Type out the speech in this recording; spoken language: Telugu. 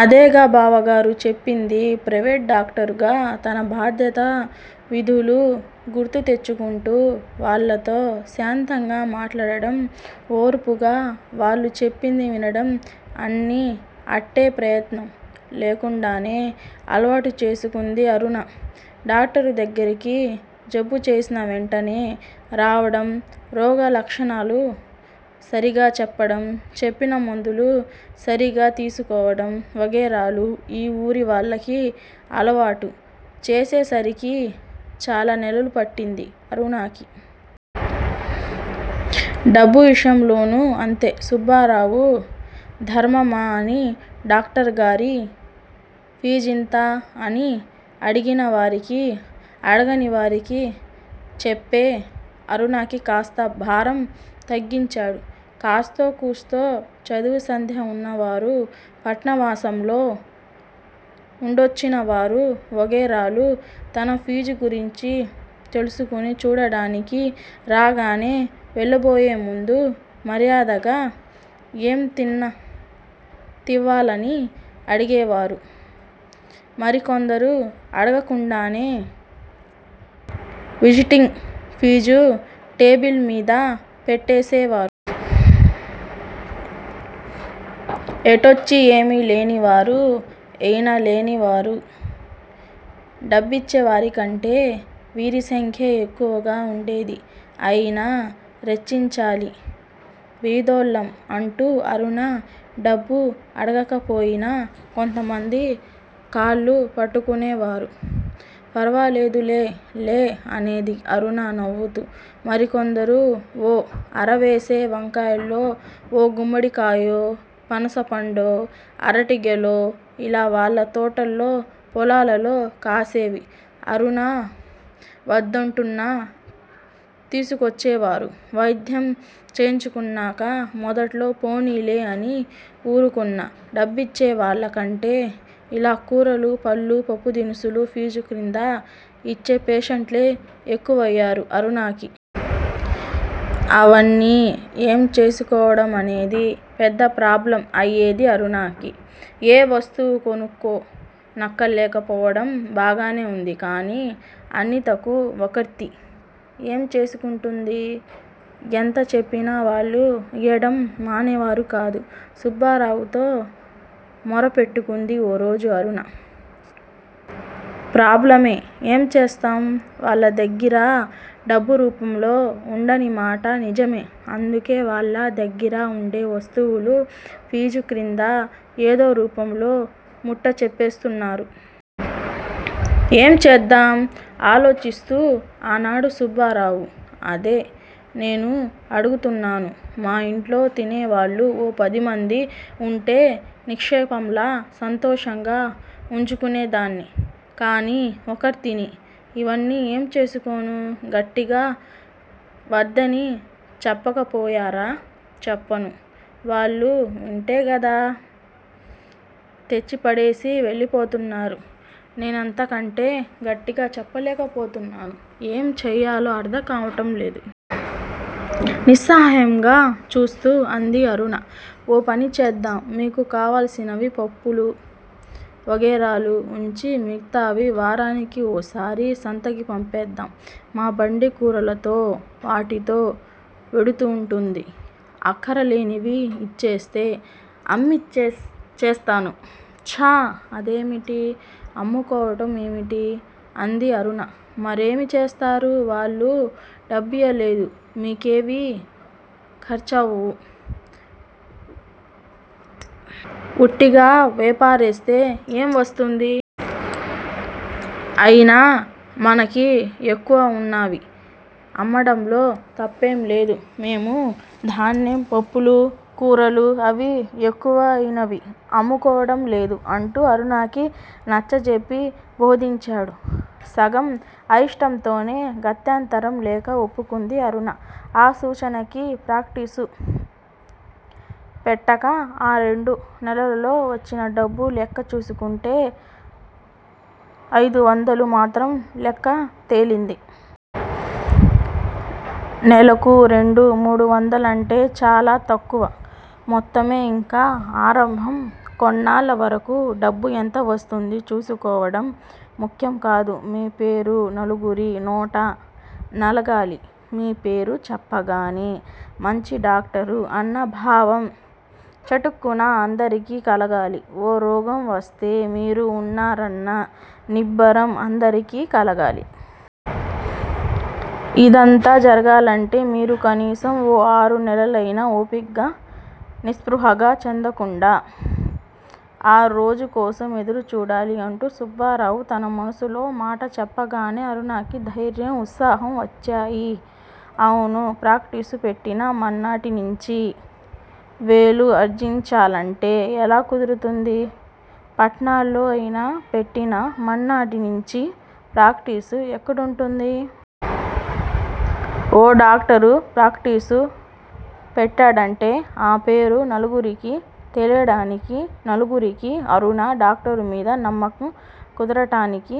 అదేగా బావగారు చెప్పింది ప్రైవేటు డాక్టరుగా తనబాధ్యత విధులు గుర్తుతెచ్చుకుంటూ వాళ్ళతో శాంతంగా మాట్లాడడం, ఓర్పుగా వాళ్ళు చెప్పింది వినడం అన్నీ అట్టేప్రయత్నం లేకుండానే అలవాటు చేసుకుంది అరుణ. డాక్టరు దగ్గరికి జబ్బుచేసిన వెంటనే రావడంరోగ లక్షణాలు సరిగా చెప్పడం, చెప్పిన మందులు సరిగా తీసుకోవడం వగైరాలు ఆ ఊరి వాళ్ళకి అలవాటు చేసేసరికి చాలా నెలలుపట్టింది అరుణకి. డబ్బు విషయంలోనూ అంతే సుబ్బారావు ధర్మమా అని డాక్టరుగారి ఫీజింత అని అడిగిన వారికి అడగనివారికి చెప్పే అరుణకికాస్త భారం తగ్గించాడు, కాస్తో కూస్తో చదువు సంధ్య ఉన్నవారు, పట్నవాసంలో ఉండొచ్చినవారు వగైరాలు తన ఫీజు గురించి తెలుసుకుని చూడడానికి రాగానే వెళ్ళబోయేముందు మర్యాదగా ఎంతివ్వాలని అడిగేవారు మరికొందరు అడగకుండానే విజిటింగ్ ఫీజు టేబిల్ మీద పెట్టేసేవారు. ఎటొచ్చీఏమీ లేనివారు ఈయనలేనివారు డబ్బిచ్చేవారికంటే వీరి సంఖ్యే ఎక్కువగా ఉండేది అయినా, రచ్చించాలి బీదోళ్ళం అంటూ అరుణ డబ్బుఅడగకపోయినా కొంతమందికాళ్ళు పట్టుకునేవారు. ఫరవాలేదులే లే అనేది అరుణనవ్వుతూ. మరికొందరు ఓ అరవీశె వంకాయలో, ఓ గుమ్మడి కాయో, పనసపండో, అరటిగెలో ఇలా వాళ్ళ తోటల్లో పొలాలలో కాసేవి అరుణవద్దంటున్నా తీసుకొచ్చేవారు వైద్యం చేయించుకున్నాక మొదట్లో పోనీలే అని ఊరుకున్నా డబ్బిచ్చేవాళ్ళ కంటే ఇలాకూరలు పళ్ళు పప్పుదినుసులు ఫీజు క్రింద ఇచ్చేపేషెంట్లే ఎక్కువయ్యారు అరుణకి. అవన్నీ ఏం చేసుకోవడమనేది పెద్ద ప్రాబ్లమ్ అయ్యేది అరుణకి. ఏ వస్తువూ కొనుక్కో నక్కరలేకపోవడం బాగానే ఉంది కానీ, అన్నీతను ఒక్కర్తీ ఏం చేసుకుంటుంది? ఎంత చెప్పినా వాళ్ళు ఈయడం మానేవారుకాదు సుబ్బారావుతో మొరపెట్టుకుంది ఓరోజు అరుణ. ప్రోబ్లమే ఏం చేస్తాం? వాళ్ళ దగ్గిర డబ్బు రూపంలో ఉండని మాట నిజమే అందుకే వాళ్ళ దగ్గిర ఉండే వస్తువులు ఫీజు క్రింద ఏదో రూపంలో ముట్ట చెప్పేస్తున్నారు. ఏం చేద్దాం? ఆలోచిస్తూ ఆనాడు సుబ్బారావు. అదే నేనూ అడుగుతున్నాను. మా ఇంట్లో తినేవాళ్ళు ఓ పదిమంది ఉంటేనిక్షేపంలా, సంతోషంగా ఉంచుకునేదాన్ని, కాని ఒక్కర్తిని ఇవన్నీ ఏంచేసుకోను? గట్టిగా వద్దని చెప్పకపోయారా? చెప్పాను, వాళ్ళు వింటేగదా తెచ్చిపడేసి వెళ్ళిపోతున్నారు నేనంతకంటే గట్టిగా చెప్పలేకపోతున్నాను. ఏం చెయ్యాలో అర్ధంకావడం లేదు. నిస్సహాయంగా చూస్తూ అంది అరుణ. ఓపనిచేద్దాం మీకు కావలసినవి పప్పులు వగైరాలు ఉంచిమిగతావి వారానికి ఓ సారి సంతకి పంపేద్దాం. మా బండి కూరలతో వాటితో వెడుతుంటుంది అక్కరలేనివి ఇచ్చేస్తే అమ్మించేస్తాను. ఛాఅదేమిటి అమ్ముకోవడం ఏమిటి? అంది అరుణ. మరేమి చేస్తారు వాళ్ళు డబ్బీయలేదుమీకివి ఖర్చవవు, ఉట్టివేపారేస్తే ఏం వస్తుంది? అయినా మనకి ఎక్కువ ఉన్నవి అమ్మడంలో తప్పేంలేదు. మేం ధాన్యంపప్పులు, కూరలు అవి ఎక్కువ అయినవి అమ్ముకోవడంలేదూ? అంటూ అరుణకి నచ్చచెప్పి బోధించాడు సగం అయిష్టంతోనే, గత్యంతరం లేక ఒప్పుకుంది అరుణ ఆ సూచనకి. ప్రాక్టీసు పెట్టాక ఆ రెండు నెలలలో వచ్చిన డబ్బు లెక్క చూసుకుంటే అయిదువందలు మాత్రం లెక్క తేలింది. నెలకు రెండు మూడువందలంటేచాల తక్కువ మొత్తమే ఇంకా ఆరంభం కొన్నాళ్ళవరకు డబ్బు ఎంత వస్తూంది చూసుకోవడం ముఖ్యంకాదు మీ పేరు నలుగిరి నోటనలగాలి. మీ పేరు చెప్పగానే మంచి డాక్టరు అన్నభావం చటుక్కున అందరికి కలగాలి. ఓ రోగం వస్తే మీరు ఉన్నారన్న నిబ్బరం అందరికి కలగాలి. ఇదంతా జరగాలంటే మీరుకనీసం ఓ ఆరు నెలలయిన ఓపిగ్గా నిస్పృహ చెందకుండా ఆ రోజుకోసం ఎదురు చూడాలి అంటూ సుబ్బారావు తనమనసులో మాటచెప్పగానే అరుణకి ధైర్యం ఉత్సాహం వచ్చాయి. అవును ప్రాక్టీసు పెట్టిన మర్నాటినించి వేలు ఆర్జించాలంటే ఎలా కుదురుతుంది పట్టణాలలో అయినా పెట్టిన మర్నాటి నించి ప్రాక్టీసు ఎక్కడుంటుంది? ఓడాక్టరు ప్రాక్టీసు పెట్టాడంటే ఆ పేరు నలుగురికి తెలియడానికి నలుగురికీ అరుణ డాక్టరు మీద నమ్మకం కుదరడానికి